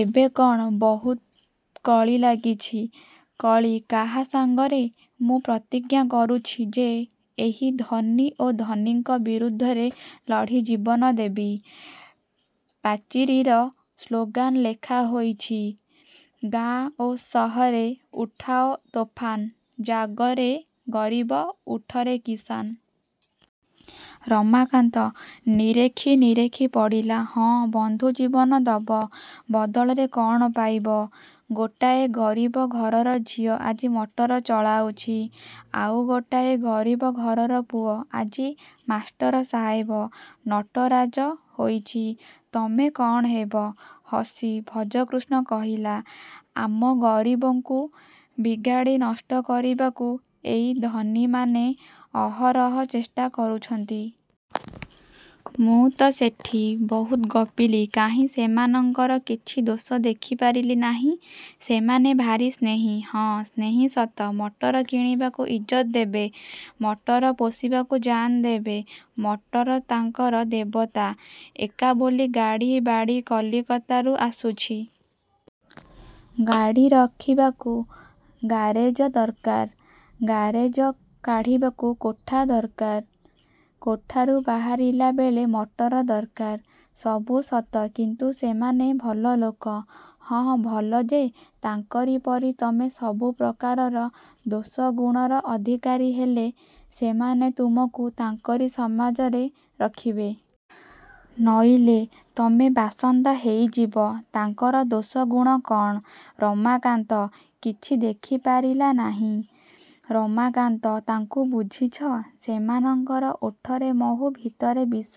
ଏବେ କ'ଣ ବହୁତ କଳି ଲାଗିଛି? -କଳି? କାହା ସାଙ୍ଗରେ? ମୁଁ ପ୍ରତିଜ୍ଞା କରୁଛି ଯେ ଏହି ଧନ ଓ ଧନୀଙ୍କ ବିରୁଦ୍ଧରେ ଲଢ଼ି ଜୀବନ ଦେବି। ପାଚିରୀରେ ସ୍ଳୋଗାନ ଲେଖା ହୋଇଛି। ଗାଁ ଓ ସହରେ ଉଠାଅ ତୋଫାନ। ଜାଗରେ ଗରିବ, ଉଠରେ କିସାନ। ରମାକାନ୍ତ ନିରେଖି ନିରେଖି ପଢ଼ିଲା। ହଁ, ବନ୍ଧୁ ଜୀବନ ଦବ। ବଦଳରେ କ'ଣ ପାଇବ-? ଗୋଟାଏ ଗରିବ ଘରର ଝିଅ ଆଜି ମଟର ଚଳାଉଛି। ଆଉ ଗୋଟାଏ ଗରିବ ଘରର ପୁଅ ଆଜି ମାଷ୍ଟର ସାହେବ ନଟରାଜ ହୋଇଛି, ତମେ କ'ଣ ହେବ? ହସି ଭଜକୃଷ୍ଣ କହିଲା-ଆମ ଗରିବଙ୍କୁ ବିଗାଡ଼ି ନଷ୍ଟ କରିବାକୁ ଏଇ ଧନୀମାନେ ଅହରହ ଚେଷ୍ଟା କରୁଛନ୍ତି। -ମୁଁ ତ ସେଠି ବହୁତ ଗପିଲି। କାହିଁ ସେମାନଙ୍କର କିଛି ଦୋଷ ଦେଖି ପାରିଲି ନାହିଁ। ସେମାନେ ଭାରି ସ୍ନେହୀ। -ହଁ। ସ୍ନେହୀ ସତ। ମଟର କିଣିବାକୁ ଇଜ୍ଜତ ଦେବେ। ମଟରକୁ ପୋଷିବାକୁ ଜାନ୍ ଦେବେ। ମଟର ତାଙ୍କର ଦେବତା। -ଏକା ବୋଲି-ଗାଡ଼ି, ବାଡ଼ି। କଲିକତାରୁ ଆସୁଛି। ଗାଡ଼ି ରଖିବାକୁ ଗାରେଜ ଦରକାର। ଗାରେଜ କାଢ଼ିବାକୁ କୋଠା ଦରକାର। କୋଠାରୁ ବାହାରିଲା ବେଳେ ମଟର ଦରକାର। ସବୁ ସତ କିନ୍ତୁ ସେମାନେ ଭଲ ଲୋକ। -ହଁ, ଭଲ ଯେ। ତାଙ୍କରି ପରି ତମେ ସବୁ ପ୍ରକାରର ଦୋଷଗୁଣର ଅଧିକାରୀ ହେଲେ ସେମାନେ ତୁମକୁ ତାଙ୍କରି ସମାଜରେ ରଖିବେ। ନଇଲେ ତମେ ବାସନ୍ଦ ହେଇଯିବ। -ତାଙ୍କର ଦୋଷଗୁଣ କ'ଣ? -ରମାକାନ୍ତ କିଛି ଦେଖି ପାରିଲା ନାହିଁ। -ରମାକାନ୍ତ, ତାଙ୍କୁ ବୁଝିଛ? ସେମାନଙ୍କର ଓଠରେ ମହୁ ଭିତରେ ବିଷ।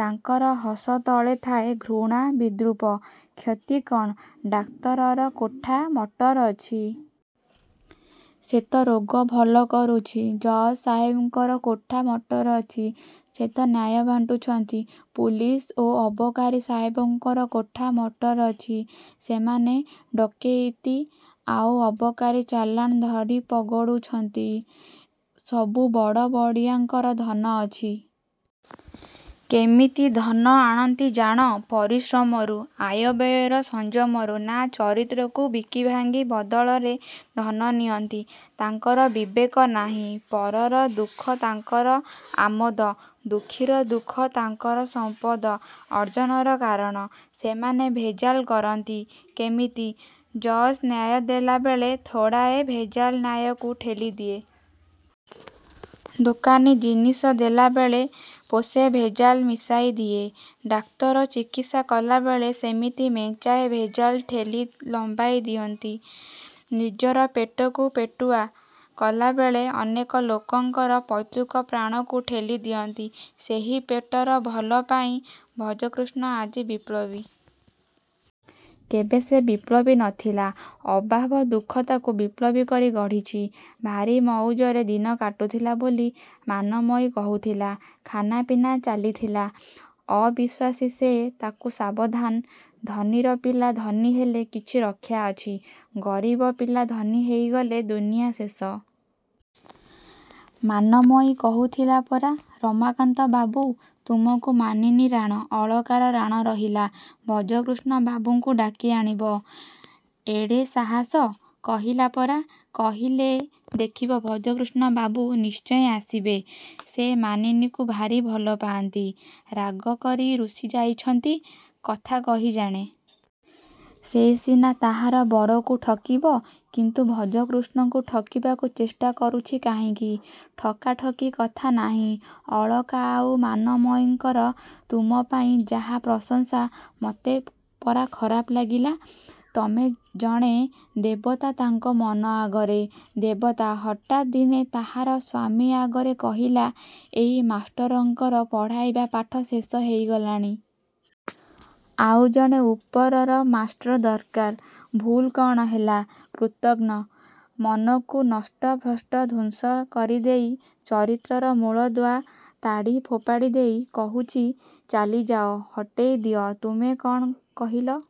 ତାଙ୍କର ହସ ତଳେ ଥାଏ ଘୃଣା ଓ ବିଦ୍ରୂପ। -କ୍ଷତି କ'ଣ? ଡାକ୍ତରର କୋଠା ମଟର ଅଛି। ସେ ତ ରୋଗ ଭଲ କରୁଛି। ଜଜ ସାହେବଙ୍କର କୋଠା ମଟର ଅଛି। ସେ ତ ନ୍ୟାୟ ବାଣ୍ଟୁଛନ୍ତି। ପୁଲିସ ଓ ଅବକାରୀ ସାହେବଙ୍କର କୋଠା ମଟର ଅଛି ସେମାନେ ଡକେଇତି ଆଉ ଅବକାରୀ ଚାଲାଣ ଧରି ପଗଡ଼ୁଛନ୍ତି। ସବୁ ବଡ଼ ବଡ଼ିଆଙ୍କର ଧନ ଅଛି। -କେମିତି ଧନ ଆଣନ୍ତି ଜାଣ? -ପରିଶ୍ରମରୁ। ଆୟବ୍ୟୟର ସଂଯମରୁ। -ନା, ଚରିତ୍ରକୁ ବିକିଭାଙ୍ଗି ବଦଳରେ ଧନ ନିଅନ୍ତି। ତାଙ୍କର ବିବେକ ନାହିଁ। ପରର ଦୁଃଖ ତାଙ୍କର ଆମୋଦ-ଦୁଃଖୀର ଦୁଃଖ ତାଙ୍କର ସମ୍ପଦ ଅର୍ଜନର କାରଣ। ସେମାନେ ଭେଜାଲ କରନ୍ତି। -କେମିତି? -ଜଜ୍ ନ୍ୟାୟ ଦେଲାବେଳେ ଥୋଡ଼ାଏ ଭେଜାଲ ନ୍ୟାୟକୁ ଠେଲି ଦିଏ। ଦୋକାନୀ ଜିନିଷ ଦେଲାବେଳେ ପୋଷେ ଭେଜାଲ ମିଶାଇ ଦିଏ। ଡାକ୍ତର ଚିକିତ୍ସା କଲାବେଳେ ସେମିତି ମେଞ୍ଚାଏ ଭେଜାଲ ଠେଲି ଲମ୍ବାଇ ଦିଅନ୍ତି। ନିଜର ପେଟକୁ ପେଟୁଆ କଲାବେଳେ ଅନେକ ଲୋକଙ୍କର ପୈତୃକ ପ୍ରାଣକୁ ଠେଲି ଦିଅନ୍ତି ସେହି ପେଟର ଭଲ ପାଇଁ। -ଭଜକୃଷ୍ଣ ଆଜି ବିପ୍ଳବୀ। -କେବେ ସେ ବିପ୍ଳବୀ ନ ଥିଲା? ଅଭାବ ଦୁଃଖ ତାକୁ ବିପ୍ଳବୀ କରି ଗଢ଼ିଛି। -ଭାରି ମଉଜରେ ଦିନ କାଟୁଥିଲା ବୋଲି ମାନମୟୀ କହୁଥିଲା। ଖାନାପିନା ଚାଲିଥିଲା-। -ଅବିଶ୍ୱାସୀ ସେ। ତା'କୁ ସାବଧାନ। ଧନୀର ପିଲା ଧନୀ ହେଲେ କିଛି ରକ୍ଷା ଅଛି। ଗରିବ ପିଲା ଧନୀ ହେଇଗଲେ ଦୁନିଆ ଶେଷ। -ମାନମୟୀ କହୁଥିଲା ପରା-ରମାକାନ୍ତ ବାବୁ, ତୁମକୁ ମାନିନୀ ରାଣ, ଅଳକାର ରାଣ ରହିଲା-ଭଜକୃଷ୍ଣ ବାବୁଙ୍କୁ ଡାକି ଆଣିବ। -ଏଡ଼େ ସାହସ? -କହିଲା ପରା। କହିଲେ ଦେଖିବ ଭଜକୃଷ୍ଣବାବୁ ନିଶ୍ଚୟ ଆସିବେ। ସେ ମାନିନୀକୁ ଭାରି ଭଲ ପାଆନ୍ତି। ରାଗ କରି ରୁଷି ଯାଇଛନ୍ତି। -କଥା କହି ଜାଣେ। ସେ ସିନା ତାହାର ବରକୁ ଠକିବ, କିନ୍ତୁ ଭଜକୃଷ୍ଣକୁ ଠକିବାକୁ ଚେଷ୍ଟା କରୁଛି କାହିଁକି? -ଠକାଠକି କଥା ନାହିଁ। ଅଳକା ଆଉ ମାନମୟୀଙ୍କର ତୁମ ପାଇଁ ଯାହା ପ୍ରଶଂସା। ମତେ ପରା ଖରାପ ଲାଗିଲା-ତମେ ଜଣେ ଦେବତା ତାଙ୍କର ମନ ଆଗରେ। -ଦେବତା? ହଠାତ୍ ଦିନେ ତାହାର ସ୍ୱାମୀ ଆଗରେ କହିଲା, ଏଇ ମାଷ୍ଟରଙ୍କର ପଢ଼ାଇବା ପାଠ ଶେଷ ହେଇଗଲାଣି। ଆଉ ଜଣେ ଉପରର ମାଷ୍ଟ୍ର ଦରକାର। -ଭୁଲ୍ କ'ଣ ହେଲା? -କୃତଘ୍ନ। ମନକୁ ନଷ୍ଟଭ୍ରଷ୍ଟ ଧ୍ୱଂସ କରି ଦେଇ ଚରିତ୍ରର ମୂଳଦୁଆ ତାଡ଼ି ଫୋପାଡ଼ି ଦେଇ କହୁଛି-ଚାଲିଯାଅ। ହଟେଇ ଦିଅ। -ତୁମେ କ'ଣ କହିଲ?